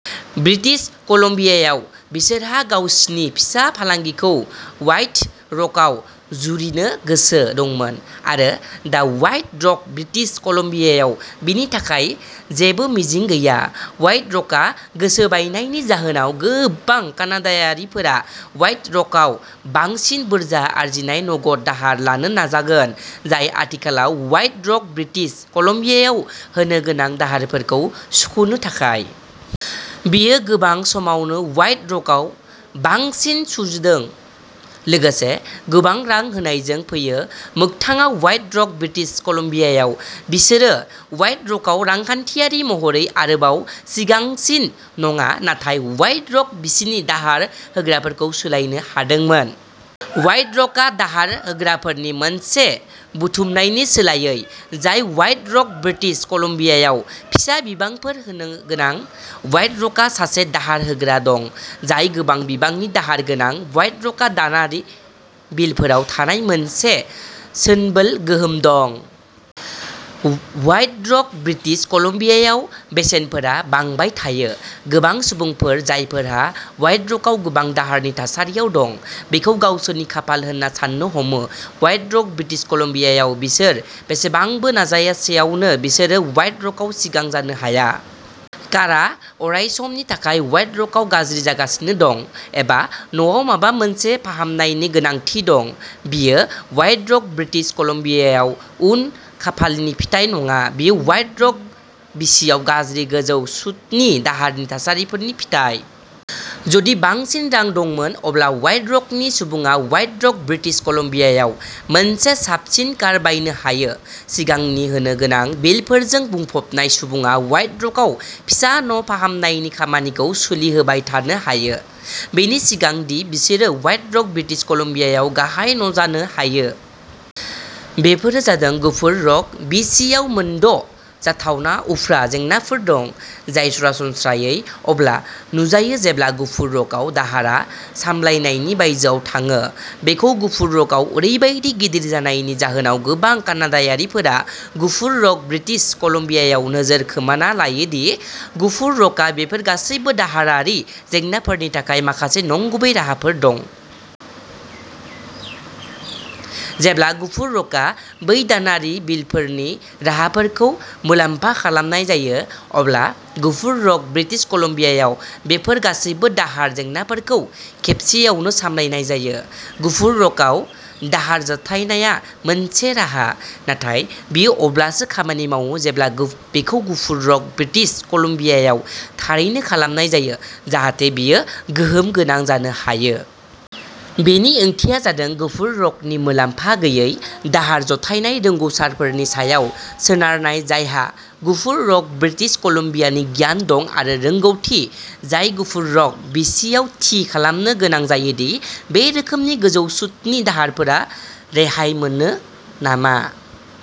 British कलम्बियायाव बिसोरहा गावसिनि फिसा फालांगिखौ व्हाइट रकआव जुरिनो गोसो दंमोन, आरो दा व्हाइट रक ब्रिटिश कलम्बियायाव बेनि थाखाय जेबो मिजिं गैया। व्हाइट रकआव गोसो बायनायनि जाहोनाव गोबां कानाडायारिफोरा व्हाइट रकआव बांसिन बुरजा आरजिनाय नगद दाहार लानो नाजागोन, जाय आथिखालाव व्हाइट रक ब्रिटिश कलम्बियायाव होनो गोनां दाहारफोरखौ सुख'नो थाखाय। बेयो गोबां समावनो व्हाइट रकआव बांसिन सुदजों लोगोसे गोबां रां होनायजों फैयो। मोगथाङाव व्हाइट रक ब्रिटिश कलम्बियायाव बिसोरो व्हाइट रकआव रांखान्थियारि महरै आरोबाव सिगांसिन नङा, नाथाय व्हाइट रक बिसिनि दाहार होग्राफोरखौ सोलायनो हादोंमोन। व्हाइट रकआव दाहार होग्राफोरनि मोनसे बुथुमनायनि सोलायै, जाय व्हाइट रक ब्रिटिश कलम्बियायाव फिसा बिबांफोर होनोगोनां, व्हाइट रकआव सासे दाहार होग्रा दं जाय गोबां बिबांनि दाहार गोनां। व्हाइट रकआव दानारि बिलफोराव थानायनि मोनसे स्नोबल गोहोम दं। हवाइट रक ब्रिटिश कलम्बियायाव बेसेनफोरा बांबाय थायो। गोबां सुबुंफोर, जायफोरा ह्वाइट रकआव गोबां दाहारनि थासारियाव दं, बेखौ गावसोरनि खाफाल होनना साननो हमो। हवाइट रक ब्रिटिश कलम्बियायाव बिसोर बेसेबांबो नाजासेयावबो बिसोरो हवाइट रकआव सिगां जानो हाया। कारआ अरायसमनि थाखाय ह्वाइट रकआव गाज्रि जागासिनो दं, एबा न'आव माबा मोनसे फाहामनायनि गोनांथि दं। बेयो ह्वाइट रक ब्रिटिश कलम्बियायाव उन खाफालनि फिथाय नङा; बेयो ह्वाइट रक बिसियाव गाज्रि गोजौ सुतनि दाहारनि थासारिफोरनि फिथाय। जुदि बांसिन रां दंमोन अब्ला ह्वाइट रकनि सुबुङा ह्वाइट रक ब्रिटिश कलम्बियायाव मोनसे साबसिन कार बायनो हायो। सिगांनि होनो गोनां बिलफोरजों बुंफबनाय सुबुङा ह्वाइट रकआव फिसा न'फाहामनायनि खामानिखौ सोलिहोबाय थानो हायो, बेनि सिगां दि बिसोरो ह्वाइट रक ब्रिटिश कलम्बियायाव गाहाय न'जानो हायो। बेफोरो जादों गुफुर रक बि सि आव मोन द' जाथावना उफ्रा जेंनाफोर दं, जाय सरासनस्रायै अब्ला नुजायो जेब्ला गुफुर रकआव दाहारआ सामलायनायनि बायजोआव थाङो। बेफोर गुफुर रकआव ओरैबायदि गिदिर जानायनि जाहोनाव गोबां कानाडायारिफोरा गुफुर रक ब्रिटिश कलम्बियायाव नोजोर खोमाना लायो दि गुफुर रकआव बेफोर गासैबो दाहारारि जेंनाफोरनि थाखाय माखासे नंगुबै राहाफोर दं। जेब्ला गुफुर रकआव बै दानारि बिलफोरनि राहाफोरखौ मुलाम्फा खालामनाय जायो, अब्ला गुफुर रक ब्रिटिश कलम्बियायाव बेफोर गासैबो दाहार जेंनाफोरखौ खेबसेआवनो सामलायनाय जायो। गुफुर रकआव दाहार जथायनाया मोनसे राहा, नाथाय बेयो अब्लासो खामानि मावो जेब्ला बेखौ गुफुर रक ब्रिटिश कलम्बियायाव थारै खालामनाय जायो, जाहाथे बेयो गोहोम गोनां जानो हायो। बेनि ओंथिया जादों गुफुर रकनि मुलाम्फा गैयै दाहार जथायनाय रोंग'साफोरनि सायाव सोनारनाय, जायहा गुफुर रक ब्रिटिश कलम्बियानि गियान दं आरो रोंग'थि जाय गुफुर रक बि सि आव थि खालामनो गोनां जायो दि बे रोखोमनि गोजौ सुतनि दाहारफोरा रेहाय मोनो नामा।